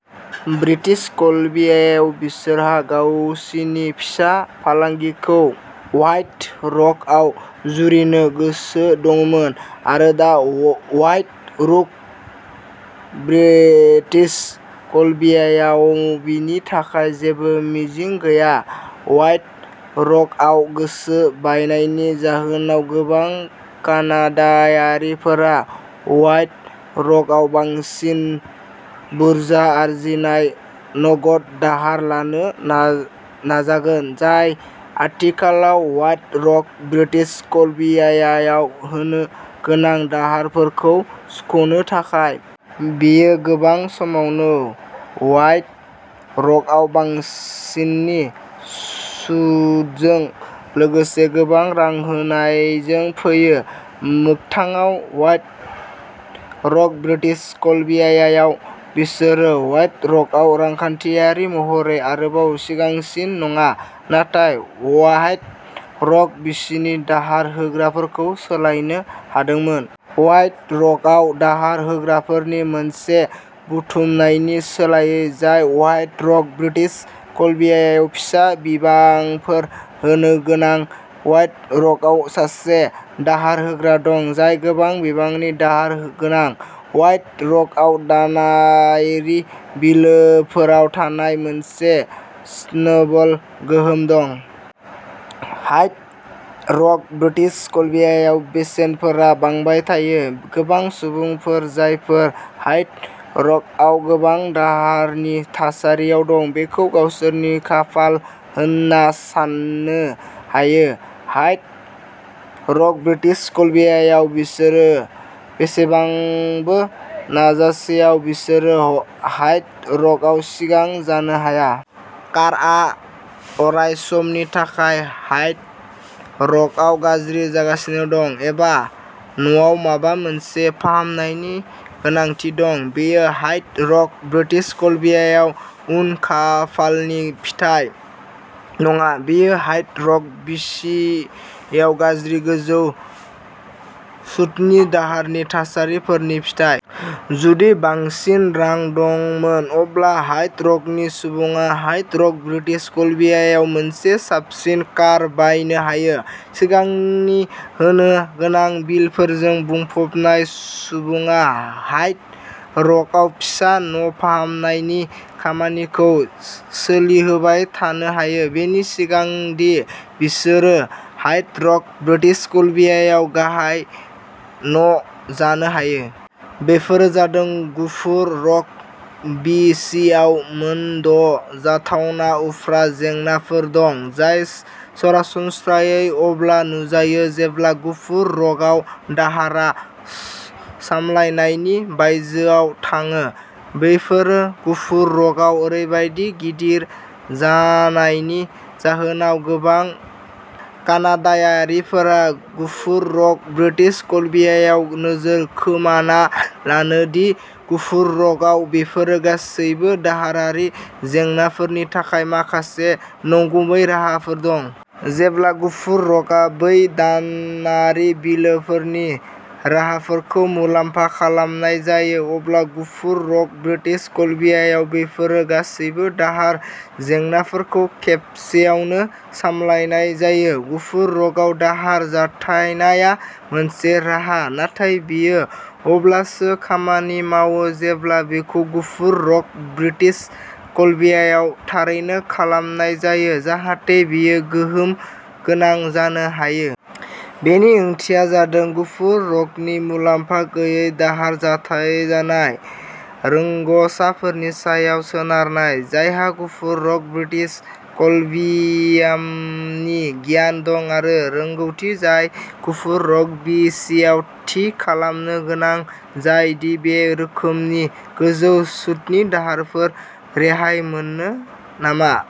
British कलम्बियायाव बिसोरहा गावसिनि फिसा फालांगिखौ व्हाइट रकआव जुरिनो गोसो दंमोन, आरो दा व्हाइट रक ब्रिटिश कलम्बियायाव बेनि थाखाय जेबो मिजिं गैया। व्हाइट रकआव गोसो बायनायनि जाहोनाव गोबां कानाडायारिफोरा व्हाइट रकआव बांसिन बुरजा आरजिनाय नगद दाहार लानो ना नाजागोन, जाय आथिखालाव व्हाइट रक ब्रिटिश कलम्बियायाव होनो गोनां दाहारफोरखौ सुख'नो थाखाय। बेयो गोबां समावनो व्हाइट रकआव बांसिन सुदजों लोगोसे गोबां रां होनायजों फैयो। मोगथाङाव व्हाइट रक ब्रिटिश कलम्बियायाव बिसोरो व्हाइट रकआव रांखान्थियारि महरै आरोबाव सिगांसिन नङा, नाथाय व्हाइट रक बिसिनि दाहार होग्राफोरखौ सोलायनो हादोंमोन। व्हाइट रकआव दाहार होग्राफोरनि मोनसे बुथुमनायनि सोलायै, जाय व्हाइट रक ब्रिटिश कलम्बियायाव फिसा बिबांफोर होनोगोनां, व्हाइट रकआव सासे दाहार होग्रा दं जाय गोबां बिबांनि दाहार गोनां। व्हाइट रकआव दानारि बिलोफोराव थानायनि मोनसे स्नोबल गोहोम दं। ह्वाइट रक ब्रिटिश कलम्बियायाव बेसेनफोरा बांबाय थायो। गोबां सुबुंफोर, जायफोरा ह्वाइट रकआव गोबां दाहारनि थासारियाव दं, बेखौ गावसोरनि खाफाल होनना साननो हमो। ह्वाइट रक ब्रिटिश कलम्बियायाव बिसोर बेसेबांबो नाजासेयावबो बिसोरो ह्वाइट रकआव सिगां जानो हाया। कारआ अरायसमनि थाखाय ह्वाइट रकआव गाज्रि जागासिनो दं, एबा न'आव माबा मोनसे फाहामनायनि गोनांथि दं। बेयो ह्वाइट रक ब्रिटिश कलम्बियायाव उन खाफालनि फिथाय नङा; बेयो ह्वाइट रक बिसियाव गाज्रि गोजौ सुतनि दाहारनि थासारिफोरनि फिथाय। जुदि बांसिन रां दंमोन अब्ला ह्वाइट रकनि सुबुङा ह्वाइट रक ब्रिटिश कलम्बियायाव मोनसे साबसिन कार बायनो हायो। सिगांनि होनो गोनां बिलफोरजों बुंफबनाय सुबुङा ह्वाइट रकआव फिसा न'फाहामनायनि खामानिखौ सोलिहोबाय थानो हायो, बेनि सिगां दि बिसोरो ह्वाइट रक ब्रिटिश कलम्बियायाव गाहाय न'जानो हायो। बेफोरो जादों गुफुर रक बि सि आव मोन द' जाथावना उफ्रा जेंनाफोर दं, जाय सरासनस्रायै अब्ला नुजायो जेब्ला गुफुर रकआव दाहारआ सा सामलायनायनि बायजोआव थाङो। बेफोरो गुफुर रकआव ओरैबायदि गिदिर जानायनि जाहोनाव गोबां कानाडायारिफोरा गुफुर रक ब्रिटिश कलम्बियायाव नोजोर खोमाना लानो दि गुफुर रकआव बेफोर गासैबो दाहारारि जेंनाफोरनि थाखाय माखासे नंगुबै राहाफोर दं। जेब्ला गुफुर रकआव बै दानारि बिलफोरनि राहाफोरखौ मुलाम्फा खालामनाय जायो, अब्ला गुफुर रक ब्रिटिश कलम्बियायाव बेफोर गासैबो दाहार जेंनाफोरखौ खेबसेआवनो सामलायनाय जायो। गुफुर रकआव दाहार जथायनाया मोनसे राहा, नाथाय बेयो अब्लासो खामानि मावो जेब्ला बेखौ गुफुर रक ब्रिटिश कलम्बियायाव थारै खालामनाय जायो, जाहाथे बेयो गोहोम गोनां जानो हायो। बेनि ओंथिया जादों गुफुर रकनि मुलाम्फा गैयै दाहार जाथायजानाय रोंग'साफोरनि सायाव सोनारनाय, जायहा गुफुर रक ब्रिटिश कलम्बियामनि गियान दं आरो रोंग'थि जाय गुफुर रक बि सि आव थि खालामनो गोनां जायो दि बे रोखोमनि गोजौ सुतनि दाहारफोरा रेहाय मोननो नामा।